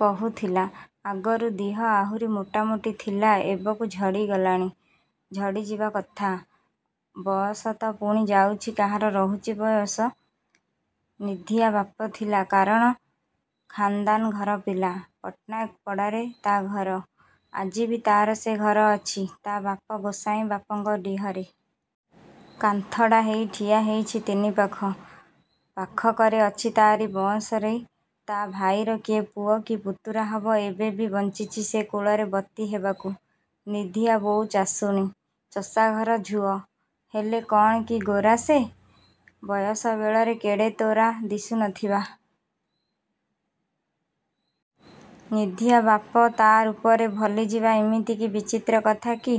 କହୁଥିଲା ଆଗରୁ ଦିହ ଆହୁରି ମୋଟାମୋଟି ଥିଲା ଏବକୁ ଝଡ଼ି ଗଲାଣି। ଝଡ଼ିଯିବା କଥା ବଅସ ତ ପୁଣି ଯାଉଚି କାହାର ରହୁଚି ବୟସ। ନିଧିଆ ବାପ ଥିଲା କରଣ। ଖାନ୍ଦାନ୍ ଘର ପିଲା। ପଟ୍ଟନାହାକ ପଡ଼ାରେ ତା ଘର। ଆଜିବି ତାର ସେ ଘର ଅଛି, ତା ବାପ ଗୋସାଇଁବାପଙ୍କ ଡିହରେ। କାନ୍ଥଡ଼ା ହେଇ ଠିଆ ହେଇଚି ତିନିପାଖ। ପାଖକରେ ଅଛି ତାରି ବଅଁଶରେ ତା ଭାଇର କିଏ ପୁଅ କି ପୁତୁରା ହବ ଏବେବି ବଞ୍ଚିଛି ସେ କୁଳରେ ବତି ହେବାକୁ। ନିଧିଆ ବୋଉ ଚାଷୁଣୀ। ଚଷାଘର ଝୁଅ। ହେଲେ କଣ କି ଗୋରା ସେ। ବୟସ ବେଳରେ କେଡ଼େ ତୋରା ଦିଶୁନ ଥିବା। ନିଧିଆ ବାପ ତା ରୂପରେ ଭଲିଯିବା ଇମିତି କି ବିଚିତ୍ର କଥା କି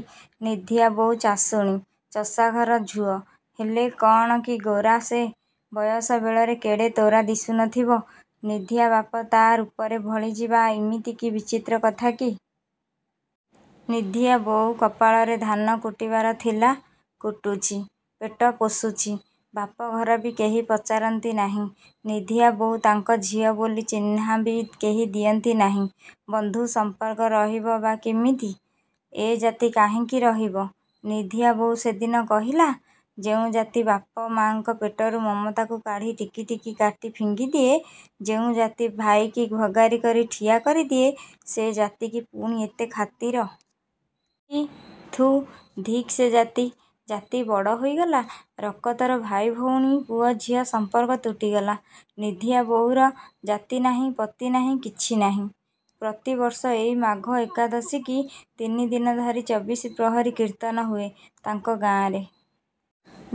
ନିଧିଆ ବୋଉ ଚାଷୁଣୀ। ଚଷାଘର ଝୁଅ ହେଲେ କଣ କି ଗୋରା ସେ। ବୟସ ବେଳରେ କେଡ଼େ ତୋରା ଦିଶୁ ନଥିବ। ନିଧିଆ ବାପ ତା ରୂପରେ ଭଳିଯିବା ଇମିତି କି ବିଚିତ୍ର କଥା କି? ନିଧିଆ ବୋଉ କପାଳରେ ଧାନକୁଟିବାର ଥିଲା କୁଟୁଛି, ପେଟ ପୋଷୁଛି। ବାପ ଘରବି କେହି ପଚାରନ୍ତି ନାହିଁ। ନିଧିଆ ବୋଉ ତାଙ୍କ ଝିଅ ବୋଲି ଚିହ୍ନାବି କେହି ଦିଅନ୍ତି ନାହିଁ। ବନ୍ଧୁ ସମ୍ପର୍କ ରହିବ ବା କିମିତି ଏ ଜାତି କାହିଁକି ରହିବ? ନିଧିଆ ବୋଉ ସେଦିନ କହିଲା, ଯେଉଁ ଜାତି ବାପ ମାଙ୍କ ପେଟରୁ ମମତାକୁ କାଢ଼ି ଟିକିଟିକି କାଟି ଫିଙ୍ଗି ଦିଏ, ଯେଉଁ ଜାତି ଭାଇକି ଭଗାରି କରି ଠିଆ କରିଦିଏ, ସେ ଜାତିକି ପୁଣି ଏତେ ଖାତିର। ଛି ଥୁ ଧିକ ସେ ଜାତି, ଜାତି ବଡ଼ ହୋଇଗଲା। ରକତର ଭାଇ ଭଉଣୀ, ପୁଅ ଝିଅ ସମ୍ପର୍କ ତୁଟିଗଲା? ନିଧିଆ ବୋଉର ଜାତି ନାହିଁ ପତି ନାହିଁ କିଛି ନାହିଁ ପ୍ରତିବର୍ଷ ଏଇ ମାଘ ଏକାଦଶୀକି ତିନିଦିନ ଧରି ଚବିଶ ପ୍ରହରୀ କୀର୍ତ୍ତନ ହୁଏ, ତାଙ୍କ ଗାଁରେ।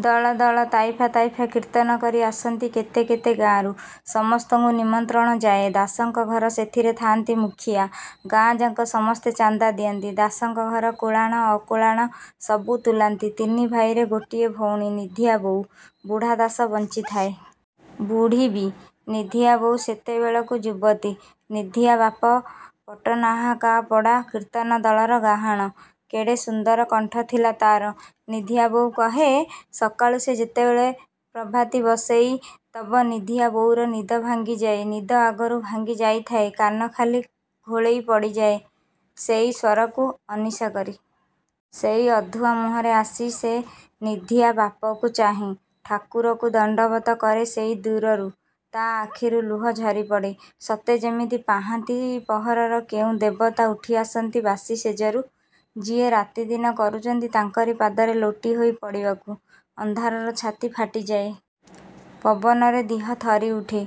ଦଳଦଳ ତାଇଫା ତାଇଫା କୀର୍ତ୍ତନ କରି ଆସନ୍ତି କେତେ କେତେ ଗାଁରୁ। ସମସ୍ତଙ୍କୁ ନିମନ୍ତ୍ରଣ ଯାଏଁ। ଦାସଙ୍କ ଘର ସେଥିରେ ଥାନ୍ତି ମୁଖିଆ। ଗାଁଯାକ ସମସ୍ତେ ଚାନ୍ଦା ଦିଅନ୍ତି। ଦାସଙ୍କ ଘର କୁଳାଣ ଅକୁଳାଣ ସବୁ ତୁଲାନ୍ତି। ତିନିଭାଇରେ ଗୋଟିଏ ଭଉଣୀ ନିଧିଆ ବୋଉ। ବୁଢ଼ା ଦାସ ବଞ୍ଚିଥାଏ। ବୁଢ଼ୀବି ନିଧିଆବୋଉ ସେତେବେଳକୁ ଯୁବତୀ। ନିଧିଆ ବାପ ପଟ୍ଟନାହାକପଡ଼ା କୀର୍ତ୍ତନ ଦଳର ଗାହାଣ। କେଡ଼େ ସୁନ୍ଦର କଣ୍ଠଥିଲା ତାର ନିଧିଆବୋଉ କହେ। ସକାଳୁ ସେ ଯେତେବେଳେ ପ୍ରଭାତୀ ବସେଇ ଦବ ନିଧିଆ ବୋଉର ନିଦ ଭାଙ୍ଗିଯାଏ ନିଦ ଆଗରୁ ଭାଙ୍ଗି ଯାଇଥାଏ କାନ ଖାଲି ଘୋଳେଇ ପଡ଼ିଯାଏ ସେଇ ସ୍ୱରକୁ ଅନିସା କରି। ସେଇ ଅଧୁଆ ମୁହଁରେ ସେ ଆସି ନିଧିଆବାପକୁ ଚାହେଁ। ଠାକୁରକୁ ଦଣ୍ଡବତ କରେ ସେଇ ଦୂରରୁ ତା ଆଖିରୁ ଲୁହ ଝରିପଡ଼େ। ସତେ ଯେମିତି ପାହାନ୍ତି ପହରର କେଉଁ ଦେବତା ଉଠିଆସନ୍ତି ବାସିଶେଯରୁ, ଯିଏ ରାତିଦିନ କରୁଚନ୍ତି ତାଙ୍କରି ପାଦରେ ଲୋଟି ହୋଇ ପଡ଼ିବାକୁ ଅନ୍ଧାରର ଛାତି ଫାଟିଯାଏ। ପବନରେ ଦିହ ଥରିଉଠେ,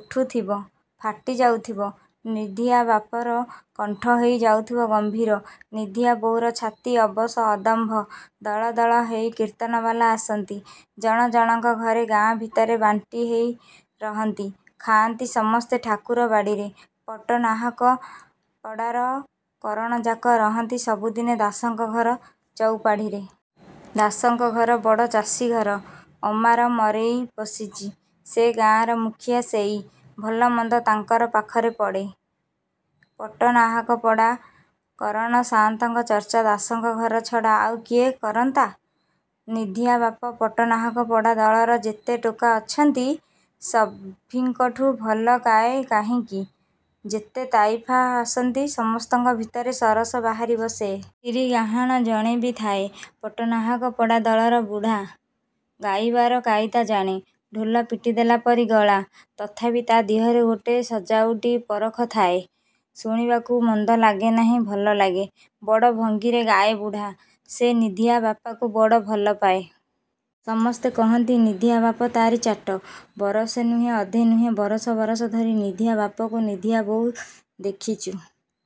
ଉଠୁଥିବ ଫାଟି ଯାଉଥିବ। ନିଧିଆବାପର କଣ୍ଠ ହେଇ ଯାଉଥିବ ଗମ୍ଭୀର, ନିଧିଆ ବୋଉର ଛାତି ଅବଶ ଅଦମ୍ଭ ଦଳଦଳ ହେଇ କୀର୍ତ୍ତନବାଲା ଆସନ୍ତି। ଜଣ ଜଣଙ୍କ ଘରେ ଗାଁ ଭିତରେ ବାଣ୍ଟି ହେଇ ରହନ୍ତି। ଖାଆନ୍ତି ସମସ୍ତେ ଠାକୁର ବାଡ଼ିରେ ପଟ୍ଟନାହାକ ପଡ଼ାର କରଣଯାକ ରହନ୍ତି ସବୁଦିନେ ଦାସଙ୍କ ଘର ଚଉପାଢ଼ିରେ। ଦାସଙ୍କ ଘର ବଡ଼ ଚାଷୀଘର। ଅମାର ମରେଇ ବସିଚି। ସେ ଗାଁର ମୁଖିଆ ସେଇ। ଭଲମନ୍ଦ ତାଙ୍କର ପାଖରେ ପଡ଼େ। ପଟ୍ଟନାହାକପଡ଼ା କରଣ ସାଆନ୍ତଙ୍କ ଚର୍ଚ୍ଚା ଦାସଙ୍କ ଘର ଛଡ଼ା ଆଉ କିଏ କରନ୍ତା ନିଧିଆବାପ ପଟ୍ଟନାହାକପଡ଼ା ଦଳର ଯେତେ ଟୋକା ଅଛନ୍ତି, ସଭିଙ୍କଠୁ ଭଲ ଗାଏ କାହିଁକି, ଯେତେ ତାଇଫା ଆସନ୍ତି ସମସ୍ତଙ୍କ ଭିତରେ ସରସ ବାହାରିବ ସେ। ଶିରୀଗାହାଣ ଜଣେବି ଥାଏ ପଟ୍ଟନାହାକପଡ଼ା ଦଳର ବୁଢ଼ା। ଗାଇବାର କାଇଦା ଜାଣେ। ଢୋଲ ପିଟିଦେଲା ପରି ଗଳା। ତଥାପି ତା ଦିହରେ ଗୋଟେ ସଜାଉଟୀ ପରଖ ଥାଏ, ଶୁଣିବାକୁ ମନ୍ଦ ଲାଗେ ନାହିଁ ଭଲ ଲାଗେ। ବଡ଼ ଭଙ୍ଗୀରେ ଗାଏ ବୁଢ଼ା। ସେ ନିଧିଆ ବାପାକୁ ବଡ଼ ଭଲପାଏ। ସମସ୍ତେ କହନ୍ତି, ନିଧିଆବାପ ତାରି ଚାଟ। ବରଷେ ନୁହେଁ ଅଧେ ନୁହେଁ ବରଷ ବରଷ ଧରି ନିଧିଆ ବାପକୁ ନିଧିଆ ବୋଉ ଦେଖିଛୁ।